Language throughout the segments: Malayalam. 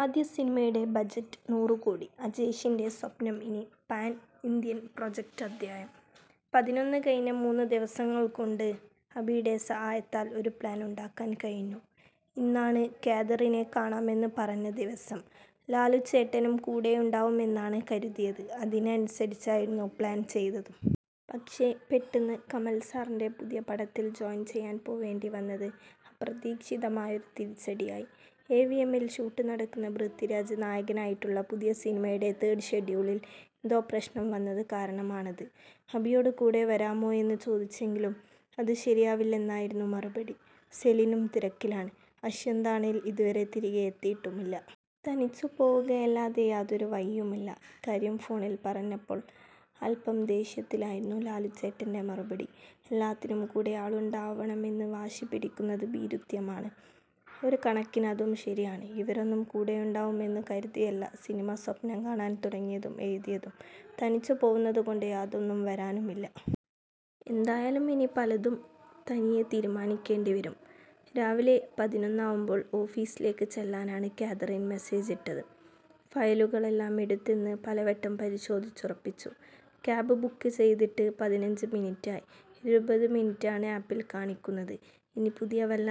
ആദ്യ സിനിമയുടെ ബജറ്റ് നൂറു കോടി, അജേഷിന്റെ സ്വപ്നം ഇനി പാൻ ഇന്ത്യൻ പ്രോജക്ട് അധ്യായം: പതിനൊന്ന് കഴിഞ്ഞ മൂന്നു ദിവസങ്ങൾകൊണ്ട്, അഭിയുടെ സഹായത്താൽ ഒരു പ്ലാൻ ഉണ്ടാക്കാൻ കഴിഞ്ഞു. ഇന്നാണ്, കാതറിനെ കാണാമെന്നു പറഞ്ഞ ദിവസം. ലാലുച്ചേട്ടനും കൂടെയുണ്ടാവുമെന്നാണ് കരുതിയത്. അതിന് അനുസരിച്ചായിരുന്നു പ്ലാൻ ചെയ്തതും. പക്ഷേ പെട്ടെന്ന്, കമൽസാറിന്റെ പുതിയ പടത്തിൽ ജോയിൻ ചെയ്യാൻ പോവേണ്ടി വന്നത് അപ്രതീക്ഷിതമായയൊരു തിരിച്ചടിയായി. എവിഎമ്മിൽ ഷൂട്ടുനടക്കുന്ന പൃഥ്വിരാജ് നായകനായിട്ടുള്ള പുതിയ സിനിമയുടെ തേർഡ് ഷെഡ്യൂളിൽ എന്തോ പ്രശ്നം വന്നതു കാരണമാണത്. അഭിയോട് കൂടെ വരാമോയെന്നു ചോദിച്ചെങ്കിലും അതു ശരിയാവില്ലെന്നായിരുന്നു മറുപടി. സെലിനും തിരക്കിലാണ്. അശ്വന്താണേൽ ഇതുവരെ തിരികെ എത്തിയിട്ടുമില്ല. തനിച്ചു പോവുകയല്ലാതെ യാതൊരു വഴിയുമില്ല. ഇക്കാര്യം ഫോണിൽ പറഞ്ഞപ്പോൾ അൽപ്പം ദേഷ്യത്തിലായിരുന്നു ലാലുച്ചേട്ടൻ്റെ മറുപടി. "എല്ലാത്തിനും കൂടെ ആളുണ്ടാവണമെന്നു വാശി പിടിക്കുന്നത് ഭീരുത്വമാണ്. " ഒരു കണക്കിന് അതും ശരിയാണ്. ഇവരൊന്നും കൂടെയുണ്ടാവുമെന്നു കരുതിയല്ല സിനിമ സ്വപ്നം കാണാൻ തുടങ്ങിയതും എഴുതിയതും. തനിച്ചു പോവുന്നതുകൊണ്ട് യാതൊന്നും വരാനുമില്ല. എന്തായാലും ഇനി പലതും തനിയെ തീരുമാനിക്കേണ്ടി വരും. രാവിലെ പതിനൊന്നാവുമ്പോൾ ഓഫീസിലേക്ക് ചെല്ലാനാണ് കാതറിൻ മെസേജിട്ടത്. ഫയലുകളെല്ലാം എടുത്തെന്ന് പലവട്ടം പരിശോധിച്ചുറപ്പിച്ചു. കാബ് ബുക്ക് ചെയ്തിട്ട് പതിനഞ്ചു മിനിറ്റായി. ഇരുപതു മിനുട്ടാണ് ആപ്പിൽ കാണിക്കുന്നത്. ഇനി പുതിയ വല്ല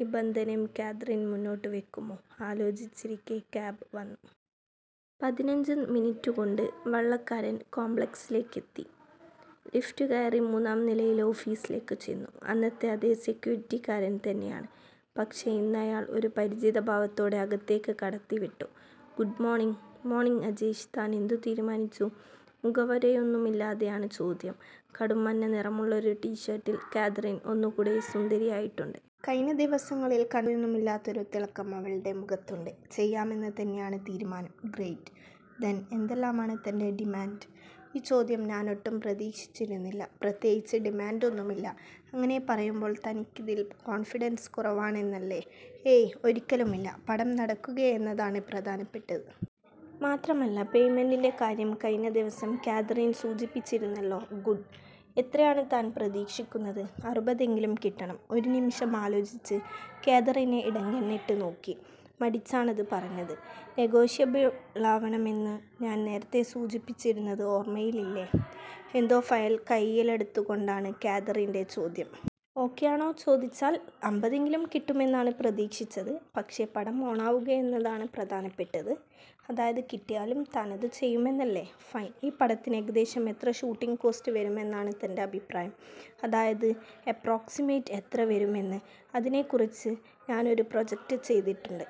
നിബന്ധനയും കാതറിൻ മുന്നോട്ടു വെക്കുമോ? ആലോചിച്ചിരിക്കെ കാബ് വന്നു. പതിനഞ്ചു മിനിറ്റുകൊണ്ട്, വള്ളക്കാരൻ കോംപ്ലക്സിലേക്ക് എത്തി. ലിഫ്റ്റുകയറി മൂന്നാം നിലയിലെ ഓഫീസിലേക്ക് ചെന്നു. അന്നത്തെ അതേ സെക്യൂരിറ്റിക്കാരൻ തന്നെയാണ്. പക്ഷേ, ഇന്നയാൾ ഒരു പരിചിത ഭാവത്തോടെ അകത്തേക്ക് കടത്തിവിട്ടു. "Good morning? " "മോണിംഗ് അജേഷ്. താൻ എന്തു തീരുമാനിച്ചു? " മുഖവുരയൊന്നുമില്ലാതെയാണ് ചോദ്യം. കടുംമഞ്ഞ നിറമുള്ളൊരു ടീഷർട്ടിൽ കാതറിൻ ഒന്നുകൂടെ സുന്ദരിയായിട്ടുണ്ട്. കഴിഞ്ഞ ദിവസങ്ങളിൽ കണ്ടപ്പോഴൊന്നുമില്ലാത്തൊരു തിളക്കം അവളുടെ മുഖത്തുണ്ട്. "ചെയ്യാമെന്നു തന്നെയാണ് തീരുമാനം" "ഗ്രേറ്റ്, ദെൻ എന്തെല്ലാമാണ് തന്റെ ഡിമാന്റ്? " ഈ ചോദ്യം ഞാനൊട്ടും പ്രതീക്ഷിച്ചിരുന്നില്ല. "പ്രത്യേകിച്ച് ഡിമാന്റ് ഒന്നുമില്ല" "അങ്ങനെ പറയുമ്പോൾ തനിക്കിതിൽ കോൺഫിഡൻസ് കുറവാണന്നല്ലേ? " "ഏയ്, ഒരിക്കലുമില്ല. പടം നടക്കുകയെന്നതാണ് പ്രധാനപ്പെട്ടത്. മാത്രമല്ല പേയ്മെന്റിന്റെ കാര്യം കഴിഞ്ഞ ദിവസം കാതറിൻ സൂചിപ്പിച്ചിരുന്നല്ലോ? " "ഗുഡ്. എത്രയാണ് താൻ പ്രതീക്ഷിക്കുന്നത്? " "അറുപതെങ്കിലും കിട്ടണം" ഒരുനിമിഷം ആലോചിച്ച്, കാതറിനെ ഇടംകണ്ണിട്ട് നോക്കി. മടിച്ചാണതു പറഞ്ഞത്. "നെഗോഷ്യബിളാവണമെന്നു ഞാൻ നേരത്തെ സൂചിപ്പിച്ചിരുന്നത് ഓർമയിലില്ലേ? " എന്തോ ഫയൽ കയ്യിലെടുത്തുകൊണ്ടാണ് കാതറിന്റെ ചോദ്യം. " "ഓകെയാണോ ചോദിച്ചാൽ, അമ്പതെങ്കിലും കിട്ടുമെന്നാണ് പ്രതീക്ഷിച്ചത്. പക്ഷേ പടം ഓണാവുകയെന്നതാണ് പ്രധാനപ്പെട്ടത്. " "അതായത്, കിട്ടിയാലും താനതു ചെയ്യുമെന്നല്ലേ? " "ഫൈൻ. ഈ പടത്തിന് ഏകദേശം എത്ര ഷൂട്ടിംഗ് കോസ്റ്റ് വരുമെന്നാണ് തന്റെ അഭിപ്രായം. അതായത് അപ്രോക്സിമേറ്റ് എത്ര വരുമെന്ന്? " "അതിനെക്കുറിച്ച് ഞാനൊരു പ്രോജക്ട് ചെയ്തിട്ടുണ്ട്.